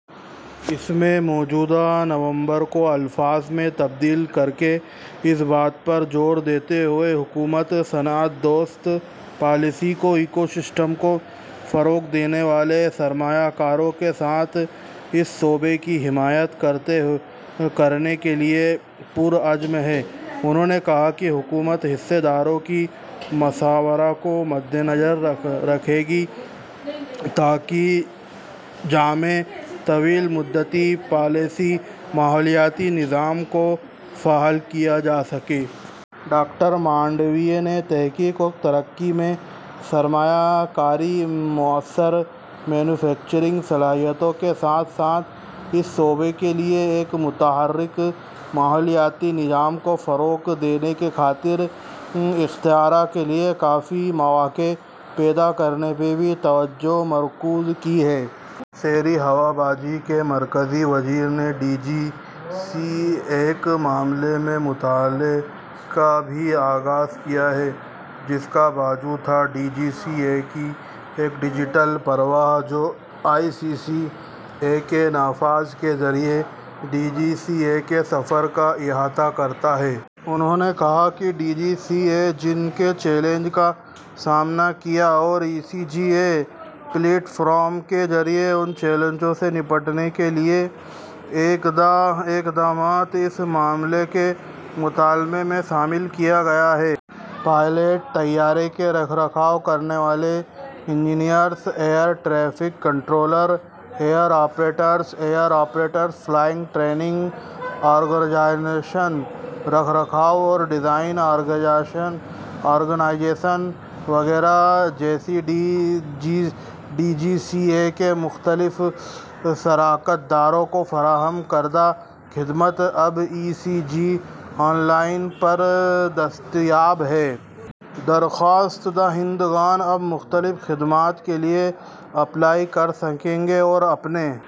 اس میں موجود نمبرز کو الفاظ میں تبدیل کرکے: اس بات پر زور دیتے ہوئے کہ حکومت صنعت دوست پالیسیوں اور ایکو سسٹم کو فروغ دینے والے سرمایہ کاروں کے ساتھ اس شعبے کی حمایت کرنے کے لیے پرعزم ہے، انہوں نے کہا کہ ''حکومت حصص داروں کی مشاورت کو مدنظر رکھے گی تاکہ ایک جامع، طویل مدتی پالیسی ماحولیاتی نظام کو فعال کیا جا سکے''۔ ڈاکٹر مانڈویہ نے تحقیق اور ترقی میں سرمایہ کاری، موثر مینوفیکچرنگ صلاحیتوں کے ساتھ ساتھ اس شعبے کے لیے ایک متحرک ماحولیاتی نظام کو فروغ دینے کی خاطر اختراع کے لیے کافی مواقع پیدا کرنے پر بھی توجہ مرکوز کی ہے۔ شہری ہوابازی کے مرکزی وزیر نے ڈی جی سی اے ایک معاملے کے مطالعے کا بھی آغاز کیا جس کا موضوع تھا ڈی جی سی اے کی ایک ڈجیٹل پرواز جو ای جی سی اے کے نفاذ کے ذریعہ ڈی جی سی اے کے سفر کا احاطہ کرتا ہے۔ انہوں نے کہا کہ ڈی جی سی اے نے جن چیلنجز کا سامنا کیا اور ای جی سی اے پلیٹ فارم کے ذریعہ ان چیلنجز سے نمٹنے کے لیے کیے گئے اقدامات کو اس معاملے کے مطالعے میں شامل کیا گیا ہے۔ پائلٹس، طیارے کے رکھ رکھاؤ کرنے والے engineers, air traffic controllers, air operators, airport operators, flying training organisation, رکھ رکھاؤ اور ڈیزائن آرگنائزیشن وغیرہ جیسے ڈی جی سی اے کے مختلف شراکت داروں کو فراہم کردہ خدمات اب ای جی سی اے آن لائن پر دستیاب ہیں۔ درخواست دہندگان اب مختلف خدمات کے لیے اپلائی کر سکیں گے اور اپنے۔